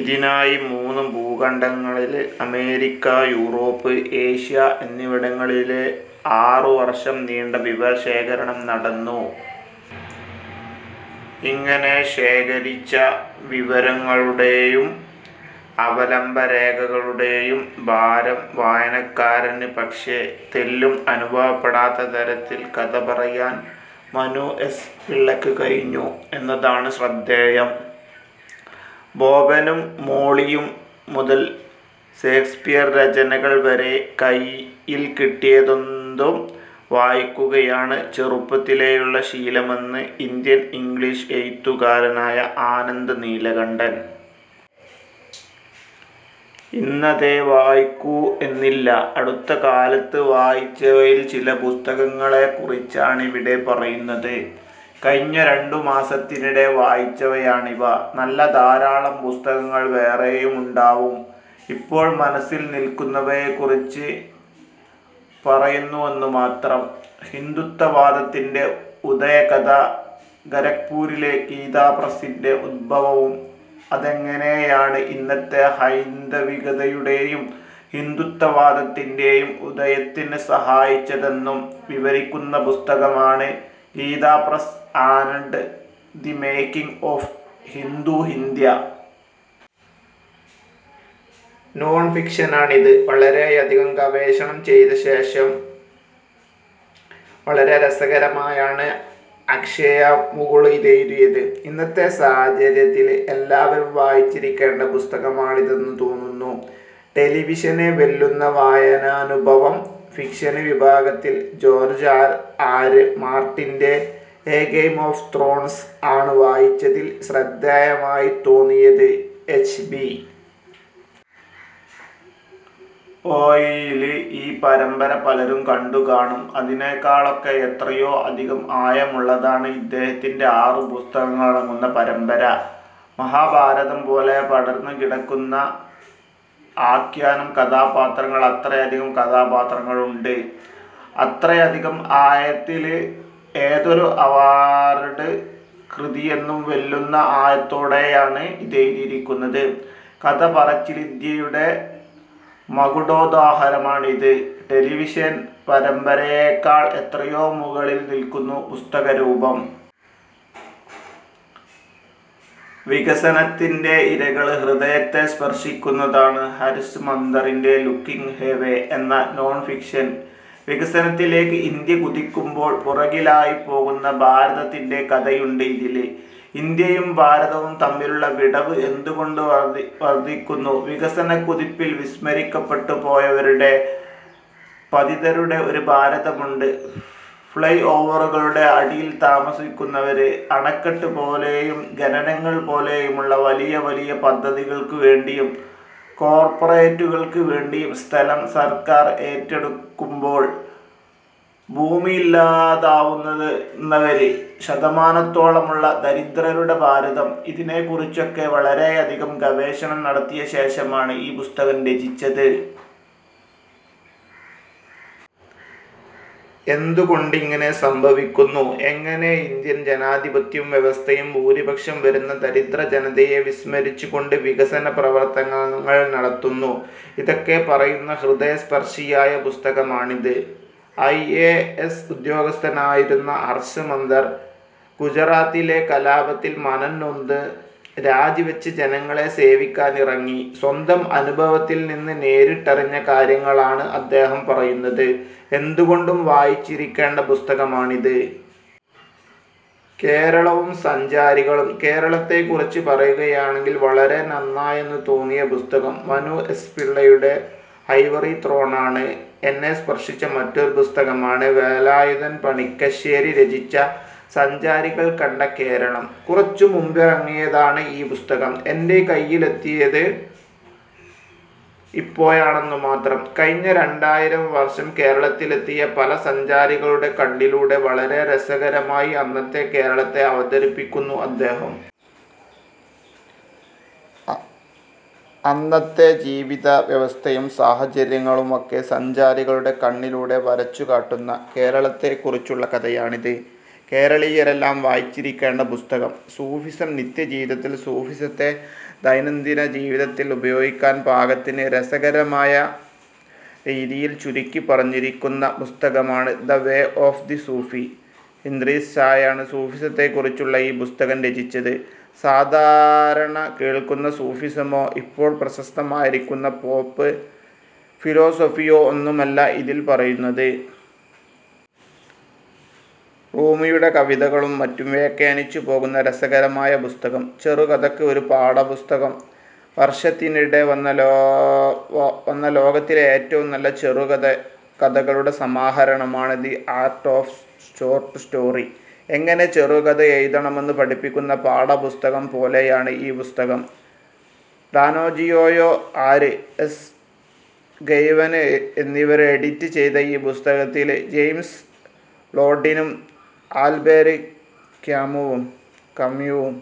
ഇതിനായി മൂന്ന് ഭൂഖണ്ഡങ്ങളില്അമേരിക്ക, Europe, Asia എന്നിവിടങ്ങളില്ആറുവര്ഷം നീണ്ട വിവരശേഖരണം നടന്നു. ഇങ്ങനെ ശേഖരിച്ച വിവരങ്ങളുടെയും അവലംബരേഖകളുടെയും ഭാരം വായനക്കാരന് പക്ഷേ, തെല്ലും അനുഭവപ്പെടാത്ത തരത്തില് കഥ പറയാന് മനു എസ്. പിള്ളയ്ക്ക് കഴിഞ്ഞു എന്നതാണ് ശ്രദ്ധേയം.. 'ബോബനും മോളിയും' മുതല് ഷേക്സ്പിയര് രചനകള് വരെ കൈയില്ക്കിട്ടിയതെന്തും വായിക്കുകയാണ് ചെറുപ്പത്തിലേയുള്ള ശീലമെന്ന് ഇന്ത്യന് ഇംഗ്ലീഷ് എഴുത്തുകാരനായ ആനന്ദ് നീലകണ്ഠന്. ഇന്നതേ വായിക്കൂ എന്നില്ല. അടുത്തകാലത്ത് വായിച്ചവയില് ചില പുസ്തകങ്ങളെക്കുറിച്ചാണിവിടെ പറയുന്നത്. കഴിഞ്ഞ രണ്ടുമാസത്തിനിടെ വായിച്ചവയാണിവ. നല്ല ധാരാളം പുസ്തകങ്ങള് വേറെയുമുണ്ടാവും. ഇപ്പോള് മനസില് നില്ക്കുന്നവയെക്കുറിച്ച് പറയുന്നുവെന്നുമാത്രം. ഹിന്ദുത്വ വാദത്തിന്റെ ഉദയകഥ ഖരഗ്പുരിലെ ഗീതാപ്രസ്സിന്റെ ഉദ്ഭവവും അതെങ്ങനെയാണ് ഇന്നത്തെ ഹൈന്ദവികതയുടെയും ഹിന്ദുത്വവാദത്തിന്റെയും ഉദയത്തിന് സഹായിച്ചതെന്നും വിവരിക്കുന്ന പുസ്തകമാണ് 'Gita Press and the making of Hindu India. ' നോണ്ഫിക്ഷനാണിത്. വളരെയധികം ഗവേഷണം ചെയ്തശേഷം, വളരെ രസകരമായാണ് അക്ഷയ മുകുള് ഇതെഴുതിയത്. ഇന്നത്തെ സാഹചര്യത്തില് എല്ലാവരും വായിച്ചിരിക്കേണ്ട പുസ്തകമാണിതെന്ന് തോന്നുന്നു. ടെലിവിഷനെ വെല്ലുന്ന വായനാനുഭവം ഫിക്ഷന് വിഭാഗത്തില് ജോര്ജ് ആര്. ആര്. മാര്ട്ടിന്റെ 'എ ഗെയിം ഓഫ് ത്രോണ്സ്' ആണ് വായിച്ചതില് ശ്രദ്ധേയമായിത്തോന്നിയത്. എച്ച്. ബി. ഒ. യില് ഈ പരമ്പര പലരും കണ്ടുകാണും. അതിനെക്കാളൊക്കെ എത്രയോ അധികം ആഴമുള്ളതാണ് ഇദ്ദേഹത്തിന്റെ ആറു പുസ്തകങ്ങളടങ്ങുന്ന പരമ്പര. മഹാഭാരതംപോലെ പടര്ന്നുകിടക്കുന്ന ആഖ്യാനം, കഥാപാത്രങ്ങള്. അത്രയധികം കഥാപാത്രങ്ങളുണ്ട്. അത്രയധികം ആഴത്തില്, ഏതൊരു അവാര്ഡ് കൃതിയെയും വെല്ലുന്ന ആഴത്തോടെയാണ് ഇതെഴുതിയിരിക്കുന്നത്. കഥപറച്ചില്വിദ്യയുടെ മകുടോദാഹരണമാണിത്. ടെലിവിഷന് പരമ്പരയെക്കാള് എത്രയോ മുകളില് നില്ക്കുന്നു പുസ്തകരൂപം. വികസനത്തിന്റെ ഇരകള് ഹൃദയത്തെ സ്പര്ശിക്കുന്നതാണ് ഹര്ഷ് മന്തറിന്റെ 'ലുക്കിങ് എവേ' എന്ന നോണ്ഫിക്ഷന്. വികസനത്തിലേക്ക് ഇന്ത്യ കുതിക്കുമ്പോള് പുറകിലായിപ്പോകുന്ന ഭാരതത്തിന്റെ കഥയുണ്ട് ഇതില്. ഇന്ത്യയും ഭാരതവും തമ്മിലുള്ള വിടവ് എന്തുകൊണ്ട് വര്ധിക്കുന്നു. വികസനക്കുതിപ്പില് വിസ്മരിക്കപ്പെട്ടുപോയവരുടെ, പതിതരുടെ ഒരു ഭാരതമുണ്ട്. ഫ്ളൈ ഓവറുകളുടെ അടിയില് താമസിക്കുന്നവര്, അണക്കെട്ടുപോലെയും ഖനനങ്ങള് പോലെയുമുള്ള വലിയവലിയ പദ്ധതികള്ക്കുവേണ്ടിയും കോര്പ്പറേറ്റുകള്ക്കുവേണ്ടിയും സ്ഥലം സര്ക്കാര് ഏറ്റെടുക്കുമ്പോള് ഭൂമിയില്ലാതാവുന്നവര്, ശതമാനത്തോളമുള്ള ദരിദ്രരുടെ ഭാരതം ഇതിനെക്കുറിച്ചൊക്കെ വളരെയധികം ഗവേഷണം നടത്തിയശേഷമാണ് ഈ പുസ്തകം രചിച്ചത്. എന്തുകൊണ്ടിങ്ങനെ സംഭവിക്കുന്നു, എങ്ങനെ ഇന്ത്യന് ജനാധിപത്യവും വ്യവസ്ഥയും ഭൂരിപക്ഷംവരുന്ന ദരിദ്രജനതയെ വിസ്മരിച്ചുകൊണ്ട് വികസന പ്രവര്ത്തനങ്ങള് നടത്തുന്നു ഇതൊക്കെ പറയുന്ന, ഹൃദയസ്പര്ശിയായ പുസ്തകമാണിത്. ഐ. എ. എസ്. ഉദ്യോഗസ്ഥനായിരുന്നു ഹര്ഷ് മന്തര്. ലെ ഗുജറാത്ത് കലാപത്തില് മനംനൊന്ത്, രാജിവെച്ച് ജനങ്ങളെ സേവിക്കാനിറങ്ങി. സ്വന്തം അനുഭവത്തില്നിന്ന് നേരിട്ടറിഞ്ഞ കാര്യങ്ങളാണ് അദ്ദേഹം പറയുന്നത്. എന്തുകൊണ്ടും വായിച്ചിരിക്കേണ്ട പുസ്തകമാണിത്. കേരളവും സഞ്ചാരികളും കേരളത്തെക്കുറിച്ച് പറയുകയാണെങ്കില്, വളരെ നന്നായെന്നുതോന്നിയ പുസ്തകം മനു എസ്. പിള്ളയുടെ 'ഐവറി ത്രോണാ'ണ്. എന്നെ സ്പര്ശിച്ച മറ്റൊരുപുസ്തകമാണ് വേലായുധന് പണിക്കശ്ശേരി രചിച്ച 'സഞ്ചാരികള് കണ്ട കേരളം. ' കുറച്ചുമുമ്പിറങ്ങിയതാണ് ഈ പുസ്തകം. എന്റെ കൈയിലെത്തിയത് ഇപ്പോഴാണെന്നുമാത്രം. കഴിഞ്ഞ രണ്ടായിരം വര്ഷം കേരളത്തിലെത്തിയ പല സഞ്ചാരികളുടെ കണ്ണിലൂടെ വളരെ രസകരമായി അന്നത്തെ കേരളത്തെ അവതരിപ്പിക്കുന്നു അദ്ദേഹം. അന്നത്തെ ജീവിതവ്യവസ്ഥയും സാഹചര്യങ്ങളുമൊക്കെ സഞ്ചാരികളുടെ കണ്ണിലൂടെ വരച്ചുകാട്ടുന്ന, കേരളത്തെക്കുറിച്ചുള്ള കഥയാണിത്. കേരളീയരെല്ലാം വായിച്ചിരിക്കേണ്ട പുസ്തകം. സൂഫിസം നിത്യജീവിതത്തില് സൂഫിസത്തെ ദൈനംദിനജീവിതത്തില് ഉപയോഗിക്കാന് പാകത്തിന് രസകരമായരീതിയില് ചുരുക്കിപ്പറഞ്ഞിരിക്കുന്ന പുസ്തകമാണ് 'the way of the Sufi'. Idries ഷായാണ് സൂഫിസത്തെക്കുറിച്ചുള്ള ഈ പുസ്തകം രചിച്ചത്. സാധാരണകേള്ക്കുന്ന സൂഫിസമോ ഇപ്പോള് പ്രശസ്തമായിരിക്കുന്ന പോപ്പ് ഫിലോസഫിയോ ഒന്നുമല്ല ഇതില് പറയുന്നത്. റൂമിയുടെ കവിതകളും മറ്റും വ്യാഖ്യാനിച്ചുപോകുന്ന രസകരമായ പുസ്തകം. ചെറുകഥയ്ക്ക് ഒരു പാഠപുസ്തകം വര്ഷത്തിനിടെ വന്ന, ലോകത്തിലെ ഏറ്റവും നല്ല ചെറുകഥകളുടെ സമാഹാരമാണ് 'The Art of Short Story. ' എങ്ങനെ ചെറുകഥയെഴുതണമെന്ന് പഠിപ്പിക്കുന്ന പാഠപുസ്തകം പോലെയാണ് ഈ പുസ്തകം. ഡാനാജിയോയാ, ആര്. എസ്. ഗൈ്വന് എന്നിവര് എഡിറ്റ് ചെയ്ത ഈ പുസ്തകത്തില് ജെയിംസ് ബാള്ഡ്വിനും ആല്ബേര് കമ്യുവും